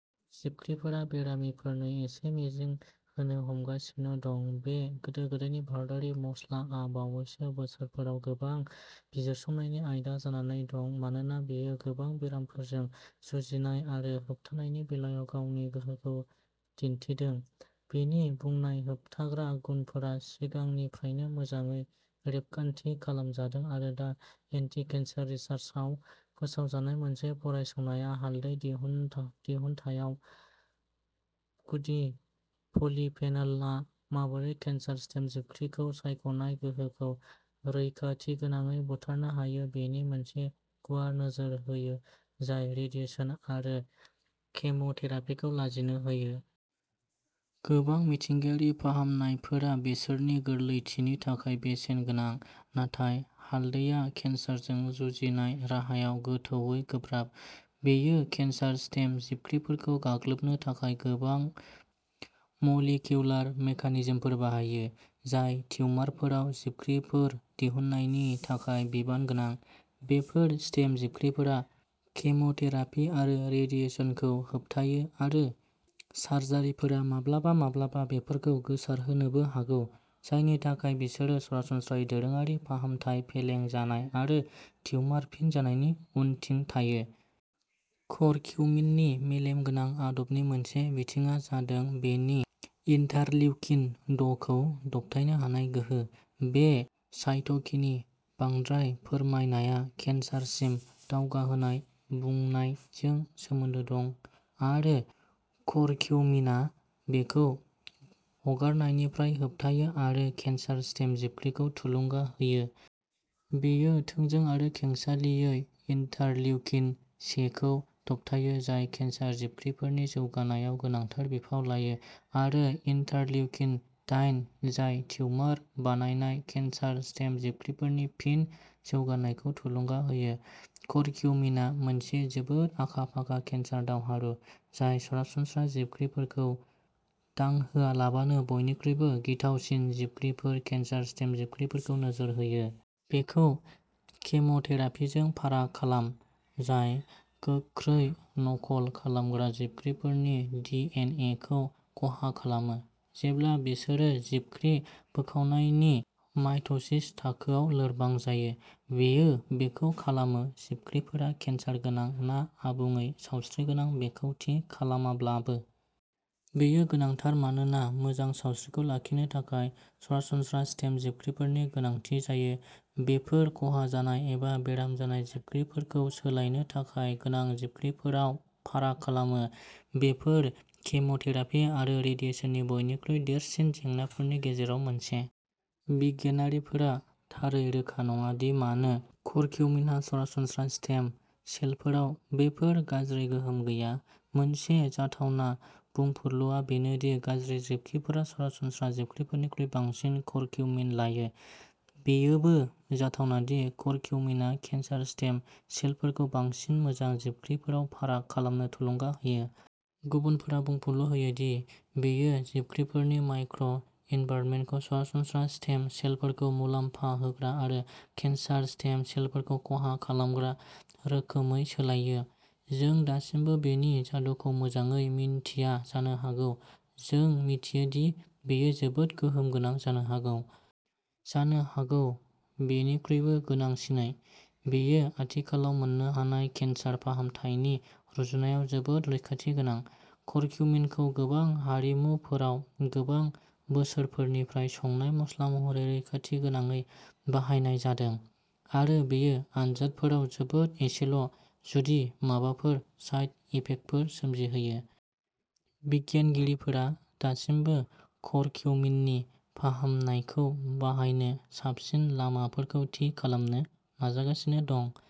जिबख्रिफोरा बेरामिफोरनो एसे मिजिं होनो हमगासिनो दं। बे गोदो गोदायनि भारतारि मस्लाआ बावैसो बोसोरफोराव गोबां बिजिरसंनायनि आयदा जानानै दं मानोना बेयो गोबां बेरामफोरजों जुजिनाय आरो होबथानायनि बेलायाव गावनि गोहोखौ दिन्थिदों। बेनि बुंनाय होबथाग्रा गुनफोरा सिगांनिफ्रायनो मोजाङै रेबगान्थि खालामजादों आरो दा एन्टिकेन्सर रिसार्सआव फोसावजानाय मोनसे फरायसंनाया हालदै दिहुनथायाव गुदि पलिफेनलआ माबोरै केन्सार स्टेम जिबख्रिफोरखौ सायख'नाय गोहोखौ रैखाथिगोनाङै बुथारनो हायो बेनि मोनसे गुवार नोजोर होयो जाय रेडिएसन आरो केम'थेरापिखौ लाजिनो होयो। गोबां मिथिंगायारि फाहामनायफोरा बिसोरनि गोरलैथिनि थाखाय बेसेन गोनां, नाथाय हालदैया केन्सारजों जुजिनाय राहायाव गोमोथावै गोब्राब। बेयो केन्सार स्टेम जिबख्रिफोरखौ गाग्लोबनो थाखाय गोबां मलिकिउलार मेकानिजमफोर बाहायो, जाय टिउमारफोराव जिबख्रिफोर दिहुननायनि थाखाय बिबान गोनां। बेफोर स्टेम जिबख्रिफोरा केम'थेरापि आरो रेडिएसनखौ होबथायो आरो सार्जारिफोरा माब्लाबा माब्लाबा बेफोरखौ गोसारहोनोबो हागौ, जायनि थाखाय बिसोरो सरासनस्रायै दोरोङारि फाहामथाय फेलें जानाय आरो टिउमार फिन जानायनि उनथिं थायो। करक्यूमिननि मेलेम गोनां आदबनि मोनसे बिथिंआ जादों बेनि इन्टारलिउकिन द'खौ दबथायनो हानाय गोहो। बे साइट'किनि बांद्राय फोरमायनाया केन्सारसिम दावगाहोनाय बुनायजों सोमोन्दो दं आरो करक्यूमिनआ बेखौ हगारनायनिफ्राय होबथायो आरो केन्सार स्टेम जिबख्रिफोरखौ थुलुंगा होयो। बेयो थोंजों आरो खेंसालियायै इन्टारलिउकिन सेखौ दबथायो, जाय केन्सार जिबख्रिफोरनि जौगानायाव गोनांथार बिफाव लायो आरो इन्टारलिउकिन दाइन, जाय टिउमार बानायनाय केन्सार स्टेम जिबख्रिफोरनि फिन जौगानायखौ थुलुंगा होयो। करक्यूमिनआ मोनसे जोबोद आखा फाखा केन्सार दावहारु, जाय सरासनस्रा जिबख्रिफोरखौ दांहोआलाबानो बयनिख्रुइबो गिथावसिन जिबख्रिफोर, केन्सार स्टेम जिबख्रिफोरखौ नोजोर होयो। बेखौ केम'थेरापिजों फाराग खालाम, जाय गोख्रै नकल खालामग्रा जिबख्रिफोरनि डि एन एखौ खहा खालामो, जेब्ला बिसोरो जिबख्रि बोखावनायनि माइट'सिस थाखोआव लोरबां जायो। बेयो बेखौ खालामो जिबख्रिफोरा केन्सार गोनां ना आबुङै सावस्रिगोनां बेखौ थि खालामालाबानो। बेयो गोनांथार मानोना मोजां सावस्रिखौ लाखिनो थाखाय सरासनस्रा स्टेम जिबख्रिफोरनि गोनांथि जायो। बेफोर खहा जानाय एबा बेराम जानाय जिबख्रिफोरखौ सोलायनो थाखाय गोनां जिबख्रिफोराव फाराग खालामो, बेफोर केम'थेरापि आरो रेडिएसननि बयनिख्रुइ देरसिन जेंनाफोरनि गेजेराव मोनसे। बिगियानगिरिफोरा थारै रोखा नङा दि मानो करक्यूमिनहा सरासनस्रा स्टेम सेलफोराव बेफोर गाज्रि गोहोम गैया। मोनसे जाथावना बुंफुरलुआ बेनो दि गाज्रि जिबख्रिफोरा सरासनस्रा जिबख्रिफोरनिख्रुइ बांसिन करक्यूमिन लायो। बेयोबो जाथावना दि करक्यूमिनआ केन्सार स्टेम सेलफोरखौ बांसिन मोजां जिबख्रिफोराव फाराग खालामनो थुलुंगा होयो। गुबुनफोरा बुंफुरलु होयो दि बेयो जिबख्रिफोरनि माइक्र' एनभाइरनमेन्टखौ सरासनस्रा स्टेम सेलफोरखौ मुलाम्फा होग्रा आरो केन्सार स्टेम सेलफोरखौ खहा खालामग्रा रोखोमै सोलायो। जों दासिमबो बेनि जादुखौ मोजाङै मिन्थिया जानो हागौ, जों मिथियो दि बेयो जोबोद गोहोम गोनां जानो हागौ। जानो हागौ बेनिख्रुइबो गोनांसिनै, बेयो आथिखालाव मोन्नो हानाय केन्सार फाहामथायनि रुजुनायाव जोबोद रैखाथि गोनां। करक्यूमिनखौ गोबां हारिमुफोराव गोबां बोसोरफोरनिफ्राय संनाय मस्ला महरै रैखाथिगोनाङै बाहायनाय जादों आरो बेयो आनजादफोराव जोबोद एसेल', जुदि माबाफोर, साइड इफेक्टफोर सोमजिहोयो। बिगियानगिरिफोरा दासिमबो करक्यूमिननि फाहामनायखौ बाहायनो साबसिन लामाफोरखौ थि खालामनो नाजागासिनो दं।